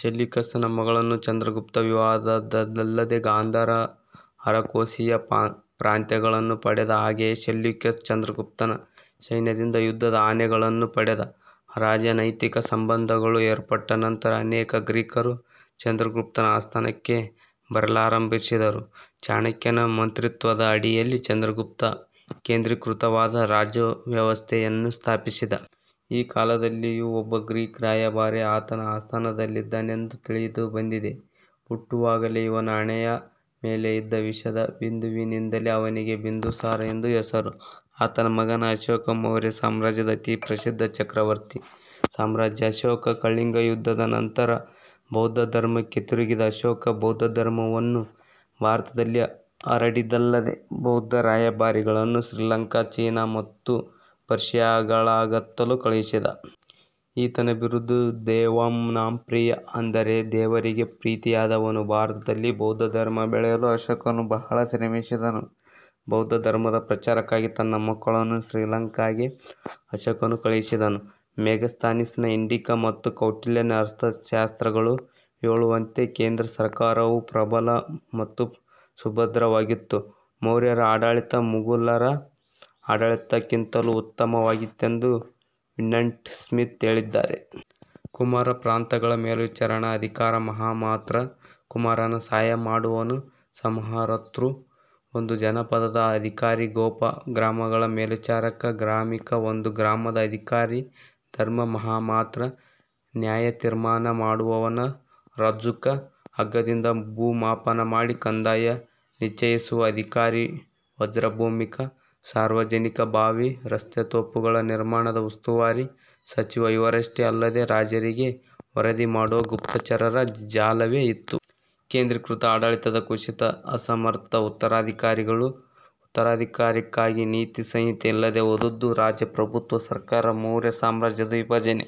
Seleucus ನ ಮಗಳನ್ನು ಚಂದ್ರಗುಪ್ತ ವಿವಾಹವಾದದ್ದಲ್ಲದೆ, ಗಾಂಧಾರ ಮತ್ತು ಅರಕೋಸಿಯಾ ಪ್ರಾಂತ್ಯಗಳನ್ನು ಪಡೆದ. ಹಾಗೆಯೇ ಸೆಲ್ಯೂಕಸ್ ಚಂದ್ರಗುಪ್ತನ ಸೈನ್ಯದಿಂದ ಯುದ್ಧದ ಆನೆ ಗಳನ್ನು ಪಡೆದ. ರಾಜನೈತಿಕ ಸಂಬಂಧಗಳು ಏರ್ಪಟ್ಟ ನಂತರ ಅನೇಕ ಗ್ರೀಕರು ಚಂದ್ರಗುಪ್ತನ ಆಸ್ಥಾನಕ್ಕೆ ಬರಲಾರಂಭಿಸಿದರು. ಚಾಣಕ್ಯನ ಮಂತ್ರಿತ್ವದ ಅಡಿಯಲ್ಲಿ ಚಂದ್ರಗುಪ್ತ ಕೇಂದ್ರೀಕೃತವಾದ ರಾಜ್ಯವ್ಯವಸ್ಥೆಯನ್ನು ಸ್ಥಾಪಿಸಿದ. ಈ ಕಾಲದಲ್ಲಿಯೂ ಒಬ್ಬ ಗ್ರೀಕ್ ರಾಯಭಾರಿ ಆತನ ಆಸ್ಥಾನದಲ್ಲಿದ್ದನೆಂದು ತಿಳಿದುಬಂದಿದೆ. ಹುಟ್ಟುವಾಗಲೆ ಇವನ ಹಣೆಯ ಮೆಲೆ ಇದ್ದ ವಿಷದ ಬಿಂದುವಿನಿಂದಲೆ ಅವನಿಗೆ ಬಿಂದುಸಾರ ಎಂದು ಹೆಸರು, ಆತನ ಮಗನೇ ಅಶೋಕ. ಮೌರ್ಯ ಸಾಮ್ರಾಜ್ಯದ ಅತಿ ಪ್ರಸಿದ್ಧ ಚಕ್ರವರ್ತಿ ಸಾಮ್ರಾಟ್ ಅಶೋಕ. ಕಳಿಂಗ ಯುದ್ಧದ ನಂತರ ಬೌದ್ಧ ಧರ್ಮಕ್ಕೆ ತಿರುಗಿದ ಅಶೋಕ ಬೌದ್ಧ ಧರ್ಮವನ್ನು ಭಾರತದಲ್ಲಿ ಹರಡಿದ್ದಲ್ಲದೆ, ಬೌದ್ಧ ರಾಯಭಾರಿಗಳನ್ನು ಶ್ರೀಲಂಕಾ, ಚೀನಾ ಮತ್ತು ಪರ್ಶಿಯಾಗಳತ್ತಲೂ ಕಳುಹಿಸಿದ. ಈತನ ಬಿರುದು"ದೇವಾಂನಾಂಪ್ರಿಯ" ಅಂದರೆ ದೇವರಿಗೆ ಪ್ರೀತಿಯಾದವನು. ಭಾರತದಲ್ಲಿ ಬೌದ್ಧ ಧರ್ಮ ಬೆಳೆಯಲು ಅಶೋಕನು ಬಹಳ ಶ್ರಮಿಸಿದನು. ಬೌದ್ದ ಧರ್ಮದ ಪ್ರಚಾರಕ್ಕಾಗಿ ತನ್ನ ಮಕ್ಕಳನ್ನು ಶ್ರೀಲಂಕಾಗೆ ಅಶೋಕನು ಕಳುಹಿಸಿದನು. ಮೆಗಸ್ತನೀಸ್-ನ "ಇಂಡಿಕಾ" ಮತ್ತು "ಕೌಟಿಲ್ಯನ ಅರ್ಥಶಾಸ್ತ್ರ"ಗಳು ಹೇಳುವಂತೆ, ಕೇಂದ್ರ ಸರಕಾರವು ಪ್ರಬಲ ಮತ್ತು ಸುಭದ್ರವಾಗಿತ್ತು. ಮೌರ್ಯರ ಆಡಳಿತ, ಮುಘಲರ ಆಡಳಿತಕ್ಕಿಂತಲೂ ಉತ್ತಮವಾಗಿತ್ತೆಂದು ವಿನ್ಸ್ಂಟ್ ಸ್ಮಿಥ್ ಹೇಳಿದ್ದಾರೆ. ಕುಮಾರ: ಪ್ರಾಂತಗಳ ಮೇಲ್ವಿಚಾರಣ ಅಧಿಕಾರಿ ಮಹಾಮಾತ್ರ: ಕುಮಾರನ ಸಹಾಯ ಮಾಡುವವನು ಸಮಹರತೃ: ಒಂದು ಜನಪದದ ಅಧಿಕಾರಿ ಗೋಪ: ಗ್ರಾಮಗಳ ಮೇಲ್ವಿಚಾರಕ ಗ್ರಾಮಿಕ: ಒಂದು ಗ್ರಾಮದ ಅಧಿಕಾರಿ ಧರ್ಮ ಮಹಾಮಾತ್ರ: ನ್ಯಾಯತೀರ್ಮಾನ ಮಾಡುವವನು ರಜ್ಜುಕ: ಹಗ್ಗದಿಂದ ಭೂಮಾಪನ ಮಾಡಿ ಕಂದಾಯ ನಿಶ್ಚಯಿಸುವ ಅಧಿಕಾರಿ ವಜ್ರಭೂಮಿಕ: ಸಾರ್ವಜನಿಕ ಬಾವಿ, ರಸ್ತೆ, ತೋಪುಗಳ ನಿರ್ಮಾಣದ ಉಸ್ತುವಾರಿ ಸಚಿವ ಇವರಷ್ಟೇ ಅಲ್ಲದೇ, ರಾಜರಿಗೆ ವರದಿ ಮಾಡುವ ಗುಪ್ತಚರರ ಜಾಲವೇ ಇತ್ತು.. ಕೇಂದ್ರೀಕೃತ ಆಡಳಿತದ ಕುಸಿತ. ಅಸಮರ್ಥ ಉತ್ತರಾಧಿಕಾರಿಗಳು. ಉತ್ತರಾಧಿಕಾರಕ್ಕಾಗಿ ನೀತಿ ಸಂಹಿತೆ ಇಲ್ಲದೆ ಹೋದದ್ದು. ರಾಜ ಪ್ರಭುತ್ವ ಸರ್ಕಾರ. ಮೌರ್ಯ ಸಾಮ್ರಾಜ್ಯದ ವಿಭಜನೆ।